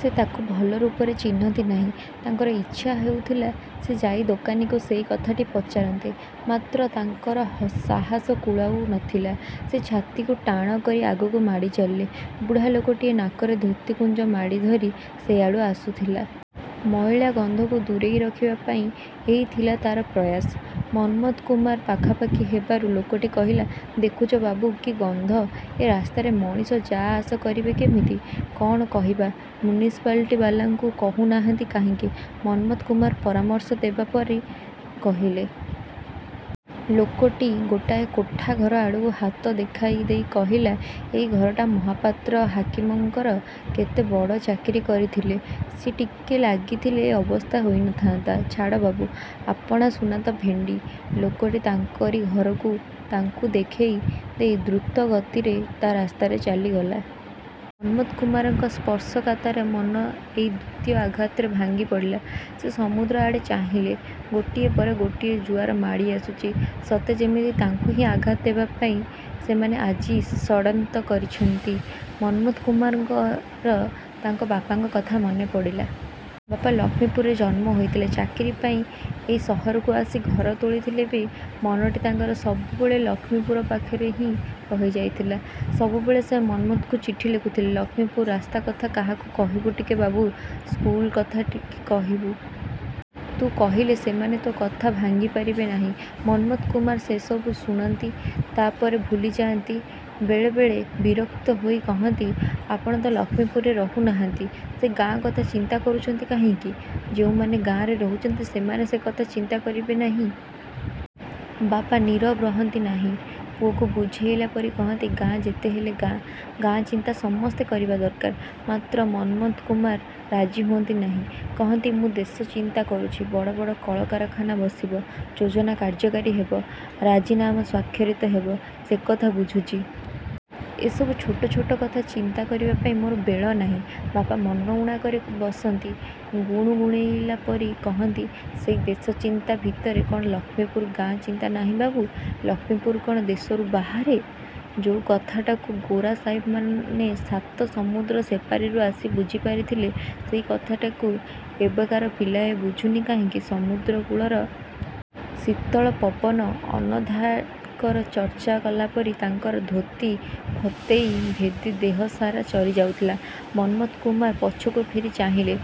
ସେ ତାକୁ ଭଲ ରୂପେ ଚିହ୍ନନ୍ତି ନାହିଁ! ତାଙ୍କର ଇଚ୍ଛା ହେଉଥିଲା, ସେ ଯାଇ ଦୋକାନୀକୁ ସେଇ କଥାଟି ପଚାରନ୍ତେ। ମାତ୍ର ତାଙ୍କର ହ ସାହସ କୁଳଉ ନଥିଲା। ସେ ଛାତିକୁ ଟାଣ କରି ଆଗକୁ ମାଡ଼ି ଚାଲିଲେ। ବୁଢ଼ା ଲୋକଟିଏ ନାକରେ ଧୋତିକୁଞ୍ଚ ମାଡ଼ିଧରି ସେଆଡ଼ୁ ଆସୁଥିଲା। ମଇଳା ଗନ୍ଧକୁ ଦୂରେଇ ରଖିବା ପାଇଁ ଏଇ ଥିଲା ତାର ପ୍ରୟାସ। ମନ୍ମଥ କୁମାର ପାଖାପାଖି ହେବାରୁ ଲୋକଟି କହିଲା, "ଦେଖୁଛ ବାବୁ, କି ଗନ୍ଧ! ଏ ରାସ୍ତାରେ ମଣିଷ ଯା ଆସ କରିବେ କେମିତି?" "କଣ କହିବା! ମ୍ୟୁନିସିପାଲିଟିବାଲାଙ୍କୁ କହୁନାହାନ୍ତି କାହିଁକି?" ମନ୍ମଥ କୁମାର ପରାମର୍ଶ ଦେବା ପରି କହିଲେ। ଲୋକଟି ଗୋଟାଏ କୋଠାଘର ଆଡ଼କୁ ହାତ ଦେଖେଇ ଦେଇ କହିଲା, "ଏଇ ଘରଟା ମହାପାତ୍ର ହାକିମଙ୍କର। କେତେ ବଡ଼ ଚାକିରି କରିଥିଲେ! ସିଏ ଟିକେ ଲାଗିଥିଲେ ଏ ଅବସ୍ଥା ହୋଇନଥାନ୍ତା! ଛାଡ଼ ବାବୁ । ଆପଣା ସୁନା ତ ଭେଣ୍ଡି!" ଲୋକଟି ତାଙ୍କରି ଘରକୁ ତାଙ୍କୁ ଦେଖେଇ ଦେଇ ଦ୍ରୁତ ଗତିରେ ତା ରାସ୍ତାରେ ଚାଲିଗଲା। ମନ୍ମଥ କୁମାରଙ୍କ ସ୍ପର୍ଶକାତରେ ମନ ଏଇ ଦ୍ୱିତୀୟ ଆଘାତରେ ଭାଙ୍ଗିପଡ଼ିଲା। ସେ ସମୁଦ୍ର ଆଡ଼େ ଚାହିଁଲେ। ଗୋଟିଏ ପରେ ଗୋଟିଏ ଜୁଆର ମାଡ଼ି ଆସୁଛି। ସତେ ଯେମିତି ତାଙ୍କୁ ହିଁ ଆଘାତ ଦେବା ପାଇଁ ସେମାନେ ଆଜି ଷଡନ୍ତ୍ର କରିଛନ୍ତି। ମନ୍ମଥ କୁମାରଙ୍କର ତାଙ୍କ ବାପାଙ୍କ କଥା ମନେ ପଡ଼ିଲା। ବାପା ଲକ୍ଷ୍ମୀପୁରରେ ଜନ୍ମ ହୋଇଥିଲେ। ଚାକିରି ପାଇଁ ଏଇ ସହରକୁ ଆସି ଘର ତୋଳିଥିଲେ ବି ମନଟି ତାଙ୍କର ସବୁବେଳେ ଲକ୍ଷ୍ମୀପୁର ପାଖରେ ହିଁ ରହିଯାଇଥିଲା। ସବୁବେଳେ ସେ ମନ୍ମଥଙ୍କୁ ଚିଠି ଲେଖୁଥିଲେ, "ଲକ୍ଷ୍ମୀପୁର ରାସ୍ତା କଥା କାହାକୁ କହିବୁ ଟିକେ ବାବୁ, ସ୍କୁଲ କଥା ଟିକିଏ କହିବୁ। ତୁ କହିଲେ ସେମାନେ ତୋ କଥା ଭାଙ୍ଗିପାରିବେ ନାହିଁ।" ମନ୍ମଥ କୁମାର ସେସବୁ ଶୁଣନ୍ତି, ତାପରେ ଭୁଲିଯାଆନ୍ତି। ବେଳେ ବେଳେ ବିରକ୍ତ ହୋଇ କହନ୍ତି, "ଆପଣ ତ ଲକ୍ଷ୍ମୀପୁରରେ ରହୁନାହାନ୍ତି। ସେ ଗାଁ କଥା ଚିନ୍ତା କରୁଛନ୍ତି କାହିଁକି? ଯୋଉମାନେ ଗାଁରେ ରହୁଛନ୍ତି ସେମାନେ ସେକଥା ଚିନ୍ତା କରିବେ ନାହିଁ!" ବାପା ନିରବ ରହନ୍ତି ନାହିଁ। ପୁଅକୁ ବୁଝେଇଲା ପରି କହନ୍ତି, "ଗାଁ ଯେତେହେଲେ ଗାଁ। ଗାଁ ଚିନ୍ତା ସମସ୍ତେ କରିବା ଦରକାର।"ମାତ୍ର ମନ୍ମଥ କୁମାର ରାଜି ହୁଅନ୍ତି ନାହିଁ। କହନ୍ତି, "ମୁଁ ଦେଶ ଚିନ୍ତା କରୁଛି। ବଡ଼ ବଡ଼ କଳକାରଖାନା ବସିବ, ଯୋଜନା କାର୍ଯ୍ୟକାରୀ ହେବ, ରାଜିନାମା ସ୍ୱାକ୍ଷରିତ ହେବ, ସେକଥା ବୁଝୁଛି। ଏସବୁ ଛୋଟ ଛୋଟ କଥା ଚିନ୍ତା କରିବା ପାଇଁ ମୋର ବେଳ ନାହିଁ।"ବାପା ମନ ଊଣା କରି ବସନ୍ତି। ଗୁଣୁଗୁଣେଇଲା ପରି କହନ୍ତି, "ସେଇ ଦେଶ ଚିନ୍ତା ଭିତରେ କଣ ଲକ୍ଷ୍ମୀପୁର ଗାଁର ଚିନ୍ତା ନାହିଁ ବାବୁ? ଲକ୍ଷ୍ମୀପୁର କଣ ଦେଶରୁ ବାହାର? ଯୋଉ କଥାଟାକୁ ଗୋରା ସାଇବମାନେ ସାତ ସମୁଦ୍ର ସେପାରିରୁ ଆସି ବୁଝିପାରିଥିଲେ ସେଇ କଥାଟାକୁ ଏବକାର ପିଲାଏ ବୁଝୁନି କାହିଁକି?"ସମୁଦ୍ରକୂଳର ଶୀତଳ ପବନ ଅନଧାକର ଚର୍ଚ୍ଚା କଲା ପରି ତାଙ୍କର ଧୋତି, ଫତେଇ ଭେଦି ଦେହସାରା ଚରିଯାଉଥିଲା। ମନ୍ମଥ କୁମାର ପଛକୁ ଫେରି ଚାହିଁଲେ।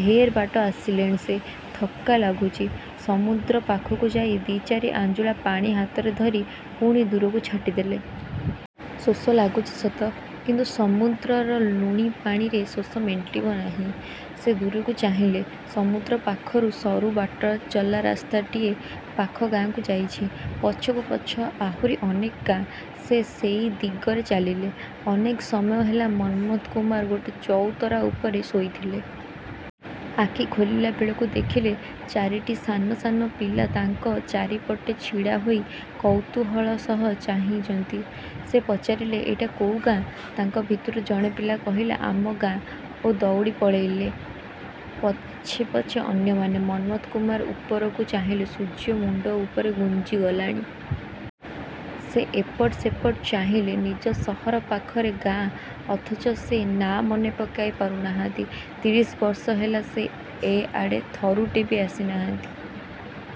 ଢେର୍ ବାଟ ଆସିଗଲେଣି ସେ। ଥକ୍କା ଲାଗୁଛି। ସମୁଦ୍ର ପାଖକୁ ଯାଇ ଦି' ଚାରି ଆଞ୍ଜୁଳା ପାଣି ହାତରେ ଧରି ପୁଣି ଦୂରକୁ ଛାଟିଦେଲେ। ଶୋଷ ଲାଗୁଛି ସତ, କିନ୍ତୁ ସମୁଦ୍ରର ଲୁଣି ପାଣିରେ ଶୋଷ ମେଣ୍ଟିବ ନାହିଁ। ସେ ଦୂରକୁ ଚାହିଁଲେ, ସମୁଦ୍ର ପାଖରୁ ସରୁ ବାଟଚଲା ରାସ୍ତାଟିଏ ପାଖ ଗାଁକୁ ଯାଇଛି। ପଛକୁ ପଛ ଆହୁରି ଅନେକ ଗାଁ। ସେ ସେଇ ଦିଗରେ ଚାଲିଲେ। ଅନେକ ସମୟ ହେଲା ମନ୍ମଥ କୁମାର ଗୋଟେ ଚଉତରା ଉପରେ ଶୋଇଥିଲେ। ଆଖି ଖୋଲିଲାବେଳକୁ ଦେଖିଲେ, ଚାରିଟି ସାନ ସାନ ପିଲା ତାଙ୍କ ଚାରିପଟେ ଛିଡ଼ାହୋଇ କୌତୂହଳ ସହ ଚାହିଁଚନ୍ତି। ସେ ପଚାରିଲେ, "ଏଇଟା କୋଉ ଗାଁ?"ତାଙ୍କ ଭିତରୁ ଜଣେ ପିଲା କହିଲା, "ଆମ ଗାଁ" ଓ ଦଉଡ଼ି ପଳେଇଲେ। ପଛେ ପଛେ ଅନ୍ୟମାନେ। ମନ୍ମଥ କୁମାର ଉପରକୁ ଚାହିଁଲେ, ସୂର୍ଯ୍ୟ ମୁଣ୍ଡ ଉପରେ ଘୁଞ୍ଚିଗଲାଣି। ସେ ଏପଟ ସେପଟ ଚାହିଁଲେ। ନିଜ ସହର ପାଖରେ ଗାଁ, ଅଥଚ ସେ ନାଁ ମନେପକାଇ ପାରୁ ନାହାନ୍ତି। ତିରିଶ ବର୍ଷ ହେଲା ସେ ଏ ଆଡ଼େ ଥରୁଟେ ବି ଆସିନାହାନ୍ତି।